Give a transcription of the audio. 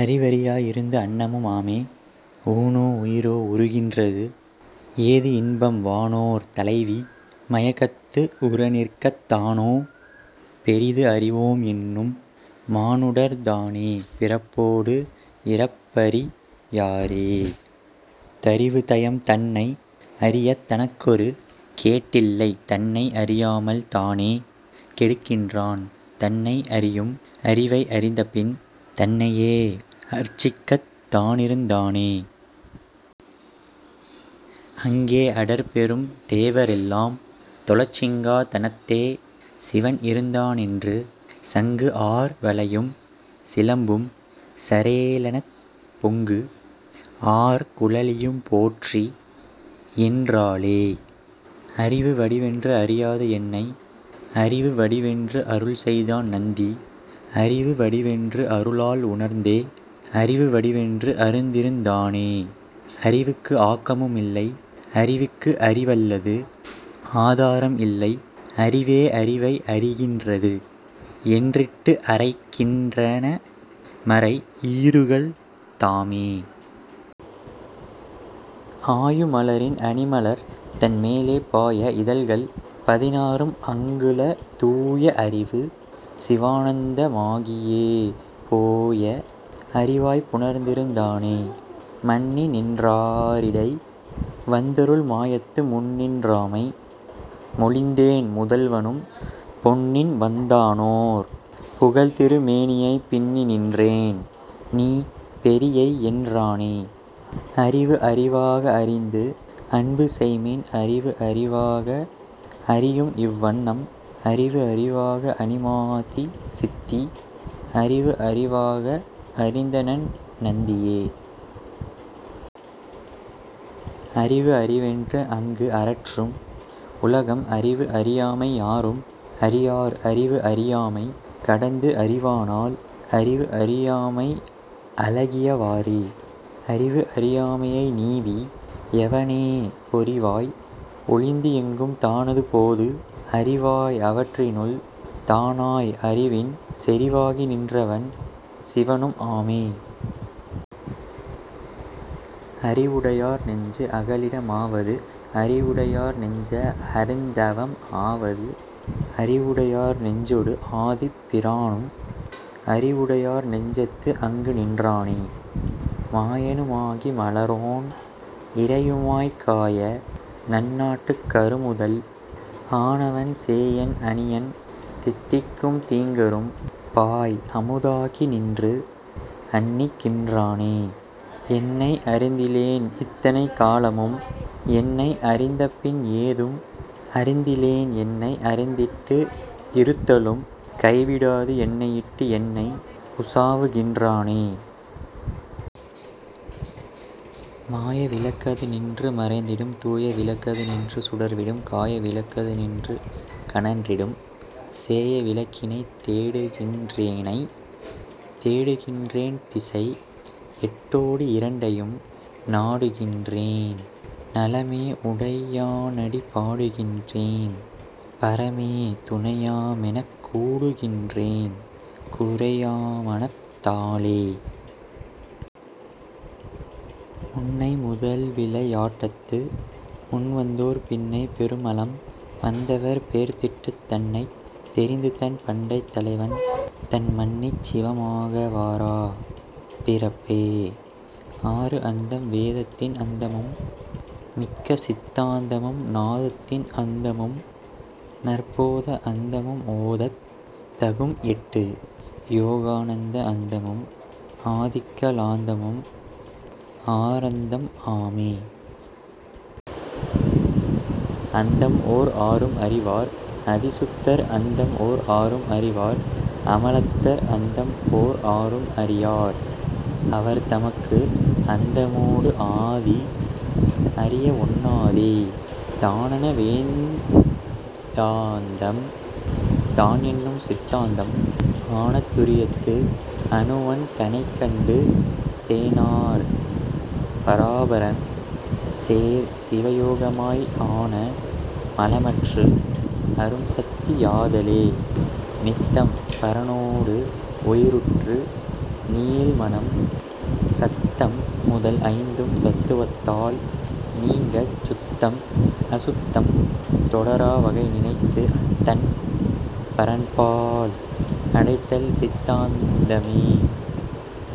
அறிவறி யாஇருந்து அன்னமும் ஆமே. ஊனோ உயிரோ உறுகின்றது ஏதுஇன்பம் வானோர் தலைவி மயக்கத்து உறநிற்கத் தானோ பெரிதுஅறி வோம் என்னும் மானுடர் தானே பிறப்போடு இறப்பறி யாரே.. அறிவுதயம் தன்னை அறியத் தனக்கொரு கேடில்லை தன்னை அறியாமல் தானே கெடுகின்றான் தன்னை அறியும் அறிவை அறிந்தபின் தன்னையே அர்ச்சிக்கத் தானிருந் தானே. அங்கே அடற்பெரும் தேவரெல் லாம்தொழச் சிங்கா தனத்தே சிவன்இருந் தானென்று சங்குஆர் வளையும் சிலம்பும் சரேலெனப் பொங்குஆர் குழலியும் போற்றிஎன் றாளே. அறிவு வடிவென்று அறியாத என்னை அறிவு வடிவென்று அருள்செய்தான் நந்தி அறிவு வடிவென்று அருளால் உணர்ந்தே அறிவு வடிவென்று அருந்திருந் தானே. அறிவுக்கு ஆக்கமும் இல்லை அறிவுக்கு அறிவல்லது ஆதாரம் இல்லை அறிவே அறிவை அறிகின்றது என்றிட்டு அறைகின் றனமறை ஈறுகள் தாமே. ஆயு மலரின் அணிமலர் தன்மேலே பாய இதழ்கள் பதினாறும் அங்குள தூய அறிவு சிவானந்த மாகியே போய அறிவாய்ப் புணர்ந்திருந் தானே. மன்னிநின் றாரிடை வந்தருள் மாயத்து முன்னிநின் றாமை மொழிந்தேன் முதல்வனும் பொன்னின்வந் தானோர் புகழ்திரு மேனியைப் பின்னிநின் றேன்நீ பெரியையென் றானே. அறிவுஅறி வாக அறிந்துஅன்பு செய்மின் அறிவுஅறி வாக அறியும்இவ் வண்ணம் அறிவுஅறி வாக அணிமாதி சித்தி அறிவுஅறி வாக அறிந்தணன் நந்தியே. அறிவுஅறி வென்று அங்கு அரற்றும் உலகம் அறிவுஅறி யாமை யாரும் அறியார் அறிவுஅறி யாமை கடந்துஅறி வானால் அறிவுஅறி யாமை அழகிய வாறே. அறிவுஅறி யாமையை நீவி யவனே பொறிவாய் ஒழிந்துஎங்கும் தானான போது அறிவாய் அவற்றினுள் தானாய் அறிவின் செறிவாகி நின்றவன் சிவனும் ஆமே. அறிவுடை யார்நெஞ்சு அகலிடம் ஆவது அறிவுடை யார்நெஞ்ச அருந்தவம் ஆவது அறிவுடை யார்நெஞ்சொடு ஆதிப் பிரானும் அறிவுடை யார்நெஞ்சத்து அங்குநின் றானே. மாயனும் ஆகி மலரோன் இறையுமாய்க் காயநன் னாட்டுக் கருமுதல் ஆனவன் சேயன் அணியன் தித்திக்கும் தீங்கரும் பாய்அமு தாகிநின்று அண்ணிக்கின் றானே. என்னை அறிந்திலேன் இத்தனை காலமும் என்னை அறிந்தபின் ஏதும் அறிந்திலேன் என்னை அறிந்திட்டு இருத்தலும் கைவிடாது என்னையிட்டு என்னை உசாவுகின் றானே. மாய விளக்கது நின்று மறைந்திடும் தூய விளக்கது நின்று சுடர்விடும் காய விளக்கது நின்று கனன்றிடும் சேய விளக்கினைத் தேடுகின் றேனை. தேடுகின் றேன்திசை எட்டோ டு இரண்டையும் நாடுகின் றேன்நல மேஉடை யானடி பாடுகின் றேன்பர மேதுணை யாமெனக் கூடுகின் றேன்குறை யாமனைத் தாலே. முன்னை முதல்விளை யாட்டத்து முன்வந்தோர் பின்னை பெருமலம் வந்தவர் பேர்த்திட்டுத் தன்னைத் தெரிந்துதன் பண்டைத் தலைவன்தன் மன்னிச் சிவமாக வாரா பிறப்பே.. ஆறு அந்தம் வேதத்தின் அந்தமும் மிக்கசித் தாந்தமும் நாதத்தின் அந்தமும் நற்போத அந்தமும் ஓதத் தகும்எட்டு யோகாநந்த அந்தமும் ஆதிக்க லாந்தமும் ஆறந்தம் ஆமே. அந்தம்ஓர் ஆறும் அறிவார் அதிசுத்தர் அந்தம்ஒர் ஆறும் அறிவார் அமலத்தர் அந்தம்ஓர் ஆறும் அறியார் அவர்தமக்கு அந்தமோடு ஆதி அறியஒண் ணாதே. தானான வேதாந்தம் தான்என்னும் சித்தாந்தம் ஆனாத் துரியத்து அணுவன் தனைக்கண்டு தேனார் பராபரம் சேர்சிவ யோகமாய் ஆனா மலமற்று அரும்சித்தி யாதலே. நித்தம் பரனோடு உயிருற்று நீள்மனம் சத்தம் முதல்ஐந்தும் தத்துவத் தால்நீங்கச் சுத்தம் அசுத்தம் தொடரா வகைநினைந்து அத்தன் பரன்பால் அடைதல்சித் தாந்தமே.